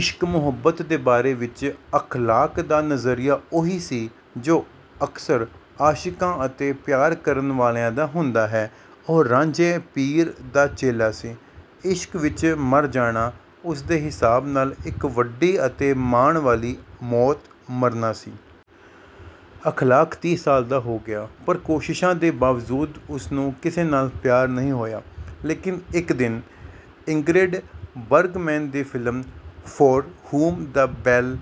ਇਸ਼ਕ ਮੁਹੱਬਤ ਦੇ ਬਾਰੇ ਵਿੱਚ ਅਖ਼ਲਾਕ ਦਾ ਨਜ਼ਰੀਆ ਉਹੀ ਸੀ ਜੋ ਅਕਸਰ ਆਸ਼ਿਕਾਂ ਅਤੇ ਪਿਆਰ ਕਰਨ ਵਾਲਿਆਂ ਦਾ ਹੁੰਦਾ ਹੈ। ਉਹ ਰਾਂਝੇ ਪੀਰ ਦਾ ਚੇਲਾ ਸੀ। ਇਸ਼ਕ ਵਿੱਚ ਮਰ ਜਾਣਾ ਉਸਦੇ ਹਿਸਾਬ ਨਾਲ ਇੱਕ ਵੱਡੀ ਅਤੇ ਮਾਣ ਵਾਲੀ ਮੌਤ ਮਰਨਾ ਸੀ। ਅਖ਼ਲਾਕ ਤੀਹ ਸਾਲ ਦਾ ਹੋ ਗਿਆ। ਪਰ ਕੋਸ਼ਿਸ਼ਾਂ ਦੇ ਬਾਵਜੂਦ ਉਸ ਨੂੰ ਕਿਸੇ ਨਾਲ ਪਿਆਰ ਨਹੀਂ ਹੋਇਆ ਲੇਕਿਨ ਇੱਕ ਦਿਨ ਇੰਗਰਿਡ ਬਰਗਮੈਨ ਦੀ film "For Whom the Bell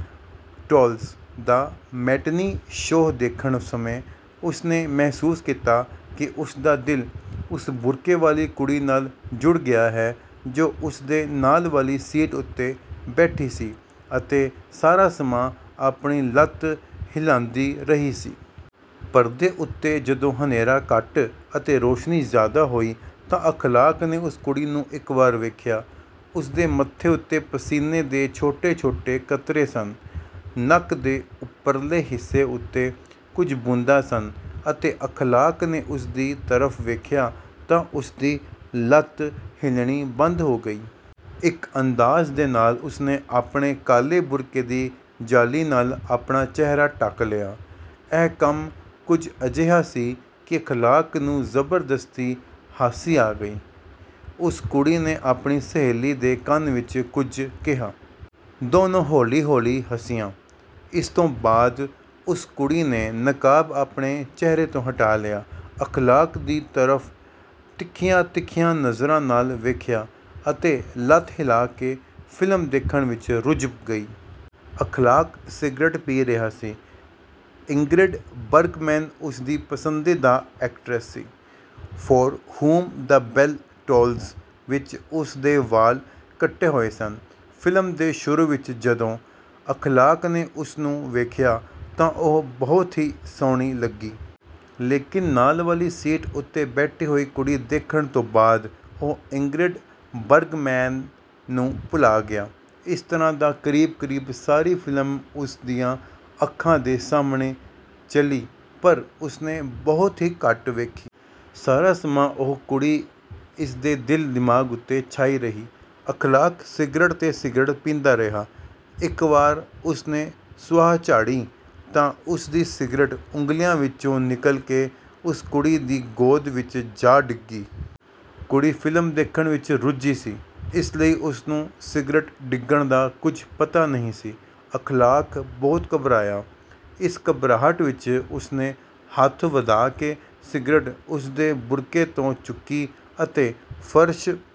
Tolls" ਦਾ ਮੈਟਨੀ ਸ਼ੋਅ ਦੇਖਣ ਸਮੇਂ ਉਸ ਨੇ ਮਹਿਸੂਸ ਕੀਤਾ ਕਿ ਉਸ ਦਾ ਦਿਲ ਉਸ ਬੁਰਕੇ ਵਾਲੀ ਕੁੜੀ ਨਾਲ ਜੁੜ ਗਿਆ ਹੈ ਜੋ ਉਸ ਦੇ ਨਾਲ ਵਾਲੀ ਸੀਟ ਉੱਤੇ ਬੈਠੀ ਸੀ ਅਤੇ ਸਾਰਾ ਸਮਾਂ ਆਪਣੀ ਲੱਤ ਹਿਲਾਂਦੀ ਰਹੀ ਸੀ। ਪਰਦੇ ਉੱਤੇ ਜਦੋਂ ਹਨੇਰਾ ਘੱਟ ਅਤੇ ਰੋਸ਼ਨੀ ਜ਼ਿਆਦਾ ਹੋਈ ਤਾਂ ਅਖ਼ਲਾਕ ਨੇ ਉਸ ਕੁੜੀ ਨੂੰ ਇੱਕ ਵਾਰ ਵੇਖਿਆ। ਉਸ ਦੇ ਮੱਥੇ ਉੱਤੇ ਪਸੀਨੇ ਦੇ ਛੋਟੇ ਛੋਟੇ ਕਤਰੇ ਸਨ। ਨੱਕ ਦੇ ਉੱਪਰਲੇ ਹਿੱਸੇ ਉੱਤੇ ਕੁਝ ਬੂੰਦਾਂ ਸਨ ਅਤੇ ਅਖ਼ਲਾਕ ਨੇ ਉਸਦੀ ਤਰਫ਼ ਵੇਖਿਆ ਤਾਂ ਉਸਦੀ ਲੱਤ ਹਿਲਣੀ ਬੰਦ ਹੋ ਗਈ। ਇੱਕ ਅੰਦਾਜ਼ ਦੇ ਨਾਲ ਉਸ ਨੇ ਆਪਣੇ ਕਾਲੇ ਬੁਰਕੇ ਦੀ ਜਾਲੀ ਨਾਲ ਆਪਣਾ ਚਿਹਰਾ ਢਕ ਲਿਆ। ਇਹ ਕੰਮ ਕੁੱਝ ਅਜਿਹਾ ਸੀ ਕਿ ਅਖ਼ਲਾਕ ਨੂੰ ਜ਼ਬਰਦਸਤੀ ਹਾਸੀ ਆ ਗਈ। ਉਸ ਕੁੜੀ ਨੇ ਆਪਣੀ ਸਹੇਲੀ ਦੇ ਕੰਨ ਵਿੱਚ ਕੁੱਝ ਕਿਹਾ। ਦੋਨੋਂ ਹੌਲੀ ਹੌਲੀ ਹੱਸੀਆਂ। ਇਸ ਤੋਂ ਬਾਅਦ ਉਸ ਕੁੜੀ ਨੇ ਨਕਾਬ ਆਪਣੇ ਚਿਹਰੇ ਤੋਂ ਹਟਾ ਲਿਆ। ਅਖ਼ਲਾਕ ਦੀ ਤਰਫ਼ ਤਿੱਖੀਆਂ ਤਿੱਖੀਆਂ ਨਜ਼ਰਾਂ ਨਾਲ ਵੇਖਿਆ ਅਤੇ ਲੱਤ ਹਿੱਲਾ ਕੇ ਫ਼ਿਲਮ ਦੇਖਣ ਵਿੱਚ ਰੁੱਝ ਗਈ। ਅਖ਼ਲਾਕ ਸਿਗਰਟ ਪੀ ਰਿਹਾ ਸੀ। ਇੰਗਰਿਡ ਬਰਗਮੈਨ ਉਸਦੀ ਪਸੰਦੀਦਾ ਐਕਟਰਸ ਸੀ। "For Whom the Bell Tolls" ਵਿੱਚ ਉਸ ਦੇ ਵਾਲ਼ ਕੱਟੇ ਹੋਏ ਸਨ। ਫ਼ਿਲਮ ਦੇ ਸ਼ੁਰੂ ਵਿੱਚ ਜਦੋਂ ਅਖ਼ਲਾਕ ਨੇ ਉਸਨੂੰ ਵੇਖਿਆ ਤਾਂ ਉਹ ਬਹੁਤ ਹੀ ਸੋਹਣੀ ਲੱਗੀ। ਲੇਕਿਨ ਨਾਲ ਵਾਲੀ ਸੀਟ ਉੱਤੇ ਬੈਠੀ ਹੋਈ ਕੁੜੀ ਦੇਖਣ ਤੋਂ ਬਾਅਦ ਉਹ ਇੰਗਰਿਡ ਬਰਗਮੈਨ ਨੂੰ ਭੁੱਲਾ ਗਿਆ। ਇਸ ਤਰ੍ਹਾਂ ਤਾਂ ਕਰੀਬ ਕਰੀਬ ਸਾਰੀ ਫ਼ਿਲਮ ਉਸ ਦੀਆਂ ਅੱਖਾਂ ਦੇ ਸਾਹਮਣੇ ਚਲੀ ਪਰ ਉਸ ਨੇ ਬਹੁਤ ਹੀ ਘੱਟ ਵੇਖੀ। ਸਾਰਾ ਸਮਾਂ ਉਹ ਕੁੜੀ ਇਸ ਦੇ ਦਿਲ ਦਿਮਾਗ਼ ਉੱਤੇ ਛਾਈ ਰਹੀ। ਅਖ਼ਲਾਕ ਸਿਗਰਟ ਤੇ ਸਿਗਰਟ ਪੀਂਦਾ ਰਿਹਾ। ਇੱਕ ਵਾਰ ਉਸ ਨੇ ਸੁਆਹ ਝਾੜੀ ਤਾਂ ਉਸਦੀ ਸਿਗਰਟ ਉਂਗਲੀਆਂ ਵਿੱਚੋਂ ਨਿਕਲ ਕੇ ਉਸ ਕੁੜੀ ਦੀ ਗੋਦ ਵਿੱਚ ਜਾ ਡਿੱਗੀ। ਕੁੜੀ ਫ਼ਿਲਮ ਦੇਖਣ ਵਿੱਚ ਰੁੱਝੀ ਸੀ ਇਸ ਲਈ ਉਸ ਨੂੰ ਸਿਗਰਟ ਡਿੱਗਣ ਦਾ ਕੁੱਝ ਪਤਾ ਨਹੀਂ ਸੀ। ਅਖ਼ਲਾਕ ਬਹੁਤ ਘਬਰਾਇਆ। ਇਸ ਘਬਰਾਹਟ ਵਿੱਚ ਉਸ ਨੇ ਹੱਥ ਵਧਾ ਕੇ ਸਿਗਰਟ ਉਸ ਦੇ ਬੁਰਕੇ ਤੋਂ ਚੁੱਕੀ ਅਤੇ ਫ਼ਰਸ਼